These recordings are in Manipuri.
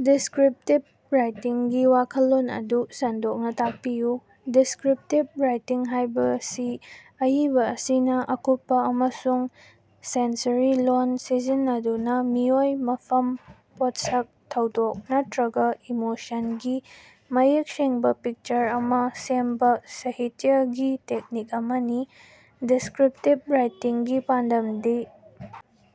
ꯗꯤꯁꯀ꯭ꯔꯤꯞꯇꯤꯚ ꯔꯥꯏꯇꯤꯡꯒꯤ ꯋꯥꯈꯜꯂꯣꯟ ꯑꯗꯨ ꯁꯟꯗꯣꯛꯅ ꯇꯥꯛꯄꯤꯌꯨ꯫ ꯗꯤꯁꯀ꯭ꯔꯤꯞꯇꯤꯚ ꯔꯥꯏꯇꯤꯡ ꯍꯥꯏꯕꯁꯤ ꯑꯏꯕ ꯑꯁꯤꯅ ꯑꯀꯨꯞꯄ ꯑꯃꯁꯨꯡ ꯁꯦꯟꯁꯔꯤ ꯂꯣꯜ ꯁꯤꯖꯤꯟꯅꯗꯨꯅ ꯃꯤꯑꯣꯏ, ꯃꯐꯝ, ꯄꯣꯠꯁꯛ, ꯊꯧꯗꯣꯛ ꯅꯠꯇ꯭ꯔꯒ ꯏꯃꯣꯁꯟꯒꯤ ꯃꯌꯦꯛ ꯁꯦꯡꯕ ꯄꯤꯛꯆꯔ ꯑꯃ ꯁꯦꯝꯕ ꯁꯥꯍꯤꯇ꯭ꯌꯒꯤ ꯇꯦꯛꯅꯤꯛ ꯑꯃꯅꯤ꯫ ꯗꯤꯁꯀ꯭ꯔꯤꯞꯇꯤꯚ ꯔꯥꯏꯇꯤꯡꯒꯤ ꯄꯥꯟꯗꯝꯗꯤ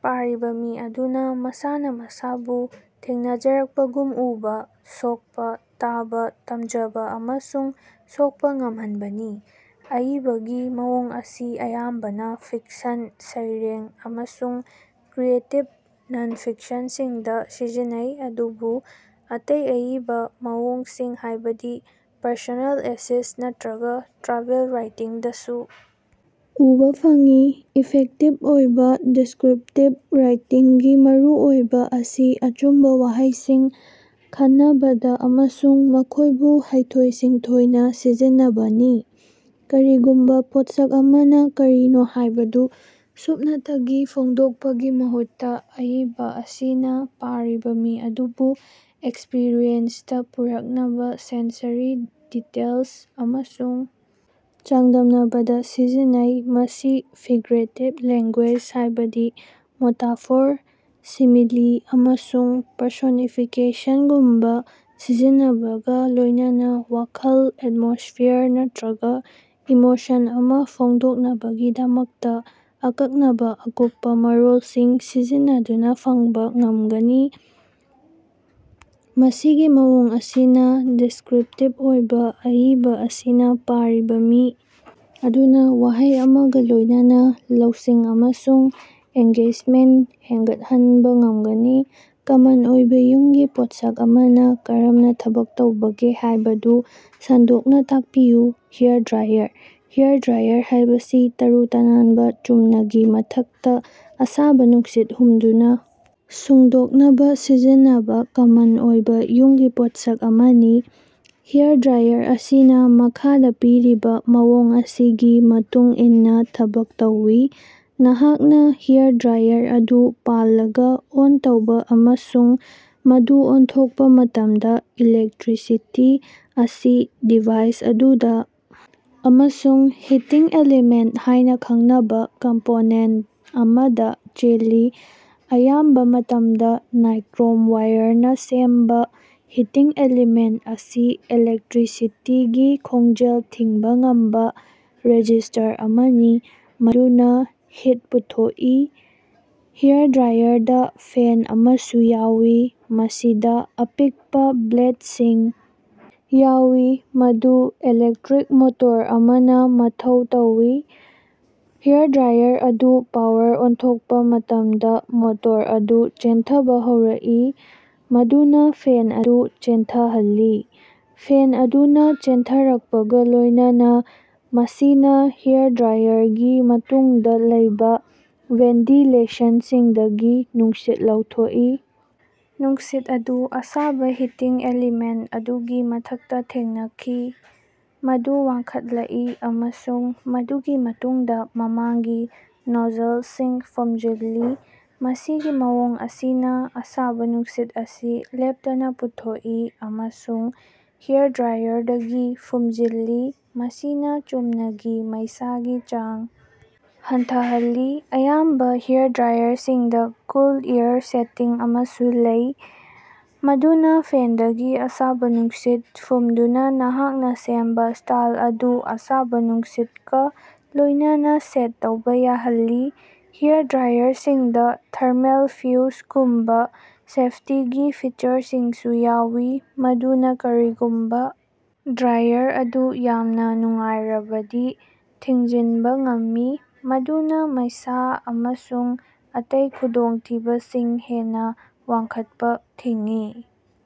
ꯄꯥꯔꯤꯕ ꯃꯤ ꯑꯗꯨꯅ ꯃꯁꯥꯅ ꯃꯁꯥꯕꯨ ꯊꯦꯡꯅꯖꯔꯛꯄꯒꯨꯝ ꯎꯕ, ꯁꯣꯛꯄ, ꯇꯥꯕ, ꯇꯝꯖꯕ ꯑꯃꯁꯨꯡ ꯁꯣꯛꯄ ꯉꯝꯍꯟꯕꯅꯤ꯫ ꯑꯏꯕꯒꯤ ꯃꯑꯣꯡ ꯑꯁꯤ ꯑꯌꯥꯝꯕꯅ ꯐꯤꯛꯁꯟ, ꯁꯩꯔꯦꯡ ꯑꯃꯁꯨꯡ ꯀ꯭ꯔꯤꯌꯦꯇꯤꯚ ꯅꯟ-ꯐꯤꯛꯁꯟꯗ ꯁꯤꯖꯤꯟꯅ ꯑꯗꯨꯕꯨ ꯑꯇꯩ ꯑꯏꯕ ꯃꯑꯣꯡꯁꯤꯡ ꯍꯥꯏꯕꯗꯤ ꯄꯔꯁꯣꯅꯦꯜ ꯑꯦꯁꯦꯁ ꯅꯠꯇ꯭ꯔꯒ ꯇ꯭ꯔꯥꯚꯦꯜ ꯔꯥꯏꯇꯤꯡꯗꯁꯨ ꯎꯕ ꯐꯪꯏ꯫ ꯏꯐꯦꯛꯇꯤꯚ ꯑꯣꯏꯕ ꯗꯤꯁꯀ꯭ꯔꯤꯞꯇꯤꯚ ꯔꯥꯏꯇꯤꯡꯒꯤ ꯃꯔꯨꯑꯣꯏꯕ ꯑꯁꯤ ꯑꯆꯨꯝꯕ ꯋꯥꯍꯩꯁꯤꯡ ꯈꯟꯅꯕꯗ ꯑꯃꯁꯨꯡ ꯃꯈꯣꯏꯕꯨ ꯍꯩꯊꯣꯏ-ꯁꯤꯡꯊꯣꯏꯅ ꯁꯤꯖꯤꯟꯅꯕꯅꯤ꯫ ꯀꯔꯤꯒꯨꯝꯕ ꯄꯣꯠꯁꯛ ꯑꯃꯅ ꯀꯔꯤꯅꯣ ꯍꯥꯏꯕꯗꯨ ꯁꯨꯞꯅꯇꯒꯤ ꯐꯣꯡꯗꯣꯛꯄꯒꯤ ꯃꯍꯨꯠꯇ ꯑꯏꯕ ꯑꯁꯤꯅ ꯄꯥꯔꯤꯕ ꯃꯤ ꯑꯗꯨꯕꯨ ꯑꯦꯛꯁꯄꯤꯔꯤꯌꯦꯟꯁꯇ ꯄꯨꯔꯛꯅꯕ ꯁꯦꯟꯁꯔꯤ ꯗꯤꯇꯦꯜꯁ ꯑꯃꯁꯨꯡ ꯆꯥꯡꯗꯝꯅꯕꯗ ꯁꯤꯖꯤꯟꯅꯩ꯫ ꯃꯁꯤ ꯐꯤꯒꯔꯦꯇꯤꯚ ꯂꯦꯡꯒꯨꯌꯦꯖ, ꯍꯥꯏꯕꯗꯤ ꯃꯦꯇꯥꯐꯣꯔ, ꯁꯤꯃꯤꯂꯤ ꯑꯃꯁꯨꯡ ꯄꯔꯁꯣꯅꯤꯐꯤꯀꯦꯁꯟꯉꯨꯝꯕ ꯁꯤꯖꯤꯟꯅꯕꯒ ꯂꯣꯏꯅꯅ ꯋꯥꯈꯜ, ꯑꯦꯠꯃꯣꯁ꯭ꯐꯤꯌꯔ ꯅꯠꯇ꯭ꯔꯒ ꯏꯃꯣꯁꯟ ꯑꯃ ꯐꯣꯡꯗꯣꯛꯅꯕꯒꯤꯗꯃꯛꯇ ꯑꯀꯛꯅꯕ ꯑꯀꯨꯞꯄ ꯃꯔꯣꯜꯁꯤꯡ ꯁꯤꯖꯤꯟꯅꯗꯨꯅ ꯐꯪꯕ ꯉꯃꯒꯅꯤ꯫ ꯃꯁꯤꯒꯤ ꯃꯑꯣꯡ ꯑꯁꯤꯅ ꯗꯤꯁꯀ꯭ꯔꯤꯞꯇꯤꯚ ꯑꯣꯏꯕ ꯑꯏꯕ ꯑꯁꯤꯅ ꯄꯥꯔꯤꯕ ꯃꯤ ꯑꯗꯨꯅ ꯋꯥꯍꯩ ꯑꯃꯒ ꯂꯣꯏꯅꯅ ꯂꯧꯁꯤꯡ ꯑꯃꯁꯨꯡ ꯑꯦꯟꯒꯦꯖꯃꯦꯟꯇ ꯍꯦꯟꯒꯠꯍꯟꯕ ꯉꯝꯒꯅꯤ꯫ ꯀꯃꯟ ꯑꯣꯏꯕ ꯌꯨꯝꯒꯤ ꯄꯣꯠꯁꯛ ꯑꯃꯅ ꯀꯔꯝꯅ ꯊꯕꯛ ꯇꯧꯕꯒꯦ ꯍꯥꯏꯕꯗꯨ ꯁꯟꯗꯣꯛꯅ ꯇꯥꯛꯄꯤꯌꯨ꯫ ꯍꯦꯌꯔ ꯗ꯭ꯔꯥꯏꯌꯔ: ꯍꯦꯌꯔ ꯗ꯭ꯔꯥꯏꯌꯔ ꯍꯥꯏꯕꯁꯤ ꯇꯔꯨ ꯇꯅꯥꯟꯕ ꯆꯨꯝꯅ ꯒꯤ ꯃꯊꯛꯇ ꯑꯁꯥꯕ ꯅꯨꯡꯁꯤꯠ ꯍꯨꯝꯗꯨꯅ ꯁꯨꯡꯗꯣꯛꯅꯕ ꯁꯤꯖꯤꯟꯅꯕ ꯀꯃꯟ ꯑꯣꯏꯕ ꯌꯨꯝꯒꯤ ꯄꯣꯠꯁꯛ ꯑꯃꯅꯤ꯫ ꯍꯦꯌꯔ ꯗ꯭ꯔꯥꯏꯌꯔ ꯑꯁꯤꯅ ꯃꯈꯥꯗ ꯄꯤꯔꯤꯕ ꯃꯑꯣꯡ ꯑꯁꯤꯒꯤ ꯃꯇꯨꯡ ꯏꯟꯅ ꯊꯕꯛ ꯇꯧꯏ꯫ ꯅꯍꯥꯛꯅ ꯍꯦꯌꯔ ꯗ꯭ꯔꯥꯏꯌꯔ ꯑꯗꯨ ꯄꯥꯜꯂꯒ ꯑꯣꯟ ꯇꯧꯕ ꯑꯃꯁꯨꯡ ꯃꯗꯨ ꯑꯣꯟꯊꯣꯛꯄ ꯃꯇꯝꯗ ꯏꯂꯦꯛꯇ꯭ꯔꯤꯁꯤꯇꯤ ꯑꯁꯤ ꯗꯤꯚꯥꯏꯁ ꯑꯗꯨꯗ ꯑꯃꯁꯨꯡ ꯍꯤꯇꯤꯡ ꯑꯦꯂꯤꯃꯦꯟꯇ ꯍꯥꯏꯅ ꯈꯪꯅꯕ ꯀꯝꯄꯣꯅꯦꯟꯇ ꯑꯃꯗ ꯆꯦꯜꯂꯤ꯫ ꯑꯌꯥꯝꯕ ꯃꯇꯝꯗ ꯅꯥꯏꯀ꯭ꯔꯣꯝ ꯋꯥꯌꯔꯅ ꯁꯦꯝꯕ ꯍꯤꯇꯤꯡ ꯑꯦꯂꯤꯃꯦꯟꯇ ꯑꯁꯤ ꯏꯂꯦꯛꯇ꯭ꯔꯤꯁꯤꯇꯤꯒꯤ ꯈꯣꯡꯖꯦꯜ ꯊꯤꯡꯕ ꯉꯝꯕ ꯔꯦꯖꯤꯁ꯭ꯇꯔ ꯑꯃꯅꯤ꯫ ꯃꯗꯨꯅ ꯍꯤꯠ ꯄꯨꯊꯣꯛꯏ꯫ ꯍꯦꯌꯔ ꯗ꯭ꯔꯥꯏꯌꯔꯗ ꯐꯦꯟ ꯑꯃꯁꯨ ꯌꯥꯎꯏ꯫ ꯃꯁꯤꯗ ꯑꯄꯤꯛꯄ ꯕ꯭ꯂꯦꯗꯁꯤꯡ ꯌꯥꯎꯏ꯫ ꯃꯗꯨ ꯏꯂꯦꯛꯇ꯭ꯔꯤꯛ ꯃꯣꯇꯣꯔ ꯑꯃꯅ ꯃꯊꯧ ꯇꯧꯏ꯫ ꯍꯦꯌꯔ ꯗ꯭ꯔꯥꯏꯌꯔ ꯑꯗꯨ ꯄꯥꯋꯔ ꯑꯣꯟꯊꯣꯛꯄ ꯃꯇꯝꯗ ꯃꯣꯇꯣꯔ ꯑꯗꯨ ꯆꯦꯟꯊꯕ ꯍꯧꯔꯛꯏ, ꯃꯗꯨꯅ ꯐꯦꯟ ꯑꯗꯨ ꯆꯦꯟꯊꯍꯜꯂꯤ꯫ ꯐꯦꯟ ꯑꯗꯨꯅ ꯆꯦꯟꯊꯔꯛꯄꯒ ꯂꯣꯏꯅꯅ ꯃꯁꯤꯅ ꯍꯦꯌꯔ ꯗ꯭ꯔꯥꯏꯌꯔꯒꯤ ꯃꯇꯨꯡꯗ ꯂꯩꯕ ꯚꯦꯟꯇꯤꯂꯦꯁꯟꯁꯤꯡꯗꯒꯤ ꯅꯨꯡꯁꯤꯠ ꯂꯧꯊꯣꯛꯏ꯫ ꯅꯨꯡꯁꯤꯠ ꯑꯗꯨ ꯑꯁꯥꯕ ꯍꯤꯇꯤꯡ ꯑꯦꯂꯤꯃꯦꯟꯇ ꯑꯗꯨꯒꯤ ꯃꯊꯛꯇ ꯊ‌ꯦꯡꯅꯈꯤ꯫ ꯃꯗꯨ ꯋꯥꯡꯈꯠꯂꯛꯏ ꯑꯃꯁꯨꯡ ꯃꯗꯨꯒꯤ ꯃꯇꯨꯡꯗ ꯃꯃꯥꯡꯒꯤ ꯅꯣꯖꯜꯗꯁꯤꯡ ꯐꯨꯝꯖꯤꯜꯂꯤ꯫ ꯃꯁꯤꯒꯤ ꯃꯑꯣꯡ ꯑꯁꯤꯅ ꯑꯁꯥꯕ ꯅꯨꯡꯁꯤꯠ ꯑꯁꯤ ꯂꯦꯞꯇꯅ ꯄꯨꯊꯣꯛꯏ ꯑꯃꯁꯨꯡ ꯍꯦꯌꯔ ꯗ꯭ꯔꯥꯏꯌꯔꯗꯒꯤ ꯐꯨꯝꯖꯤꯜꯂꯤ ꯃꯁꯤꯅ ꯆꯨꯝꯅ ꯒꯤ ꯃꯩꯁꯥꯒꯤ ꯆꯥꯡ ꯍꯟꯊꯍꯜꯂꯤ꯫ ꯑꯌꯥꯝꯕ ꯍꯦꯌꯔ ꯗ꯭ꯔꯥꯏꯌꯔꯁꯤꯡꯗ ꯀꯨꯜ ꯑꯦꯌꯔ ꯁꯦꯇꯤꯡ ꯑꯃꯁꯨ ꯂꯩ ꯃꯗꯨꯅ ꯐꯦꯟꯗꯒꯤ ꯑꯁꯥꯕ ꯅꯨꯡꯁꯤꯠ ꯐꯨꯝꯗꯨꯅ ꯅꯍꯥꯛꯅ ꯁꯦꯝꯕ ꯁ꯭ꯇꯥꯏꯜ ꯑꯗꯨ ꯑꯁꯥꯕ ꯅꯨꯡꯁꯤꯠꯀ ꯂꯣꯏꯅꯅ ꯁꯦꯠ ꯇꯧꯕ ꯌꯥꯍꯜꯂꯤ꯫ ꯍꯦꯌꯔ ꯗ꯭ꯔꯥꯏꯌꯔꯁꯤꯡꯗ ꯊꯔꯃꯦꯜ ꯐ꯭ꯌꯨꯖꯒꯨꯝꯕ ꯁꯦꯐꯇꯤꯒꯤ ꯐꯤꯆꯔꯁꯤꯡꯁꯨ ꯌꯥꯎꯏ ꯃꯗꯨꯅ ꯀꯔꯤꯒꯨꯝꯕ ꯗ꯭ꯔꯥꯏꯌꯔ ꯑꯗꯨ ꯌꯥꯝꯅ ꯅꯨꯡꯉꯥꯏꯔꯕꯗꯤ ꯊꯤꯡꯖꯤꯟꯕ ꯉꯝꯃꯤ꯫ ꯃꯗꯨꯅ ꯃꯩꯁꯥ ꯑꯃꯁꯨꯡ ꯑꯇꯩ ꯈꯨꯗꯣꯡꯊꯤꯕꯁꯤꯡ ꯍꯦꯟꯅ ꯋꯥꯡꯈꯠꯄ ꯊꯤꯡꯏ꯫